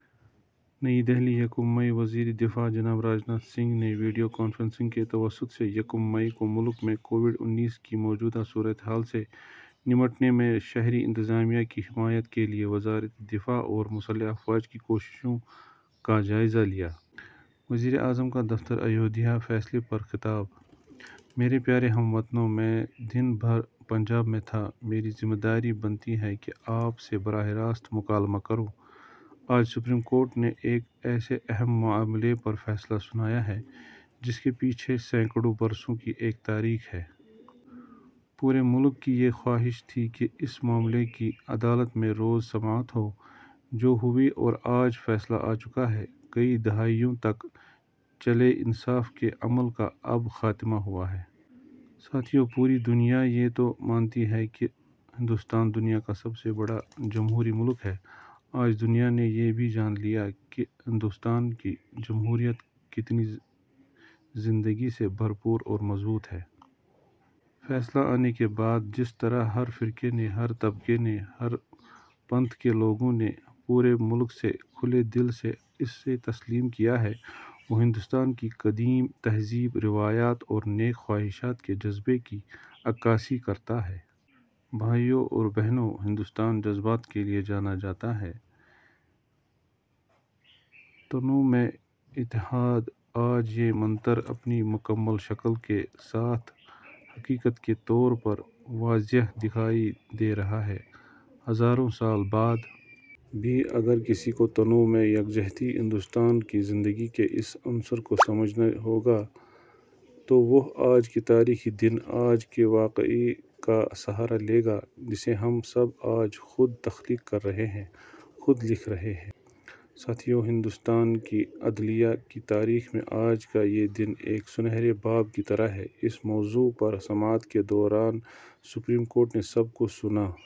نئی دہلی، یکم مئی: وزیر دفاع جناب راج ناتھ سنگھ نے ویڈیو کانفرنسنگ کے توسط سے یکم مئی کو ملک میں کووِڈ انیس کی موجودہ صورتحال سے نمٹنے میں شہری انتظامیہ کی حمایت کے لیے وزارت دفاع اور مسلح افواج کی کوششوں کا جائزہ لیا۔ وزیراعظم کا دفتر ایودھیا فیصلے پر خطاب میرے پیارے ہم وطنوں، میں دن بھر پنجاب میں تھا۔ میری ذمہ داری بنتی ہے کہ آپ سے براہِ راست مکالمہ کروں۔ آج سپریم کورٹ نے ایک ایسے اہم معاملے پر فیصلہ سنایا ہے، جس کے پیچھے سینکڑوں برسوں کی ایک تاریخ ہے۔ پورے ملک کی یہ خواہش تھی کہ اس معاملے کی عدالت میں روز سماعت ہو، جو ہوئی، اور آج فیصلہ آ چکا ہے۔ کئی دہائیوں تک چلے انصاف کے عمل کا اب خاتمہ ہوا ہے۔ ساتھیو، پوری دنیا یہ تو مانتی ہی ہے کہ ہندوستان دنیا کا سب سے بڑا جمہوری ملک ہے۔ آج دنیا نے یہ بھی جان لیا ہے کہ ہندوستان کی جمہوریت کتنی زندگی سے بھرپور اور مضبوط ہے۔ فیصلہ آنے کے بعد جس طرح ہر فرقے نے، ہر طبقے نے، ہر پنتھ کے لوگوں نے پورے ملک سے کھلے دل سے اسے تسلیم کیا ہے، وہ ہندوستان کی قدیم تہذیب، روایات اور نیک خواہشات کے جذبے کی عکاسی کرتا ہے۔ بھائیو اور بہنو، ہندوستان جذبات کے لیے جانا جاتا ہے۔ تنوع میں اتحاد، آج یہ منتر اپنی مکمل شکل کے ساتھ حقیقت کے طور پر واضح دکھائی دے رہا ہے۔ ہزاروں سال بعد بھی اگر کسی کو تنوع میں یکجہتی، ہندوستان کی زندگی کے اس عنصر کو سمجھنا ہوگا، تو وہ آج کے تاریخی دن، آج کے واقعے کا سہارا لے گا، جسے ہم سب آج خود تخلیق کر رہے ہیں، خود لکھ رہے ہیں۔ ساتھیو، ہندوستان کی عدلیہ کی تاریخ میں آج کا یہ دن ایک سنہرے باب کی طرح ہے۔ اس موضوع پر سماعت کے دوران سپریم کورٹ نے سب کو سنا۔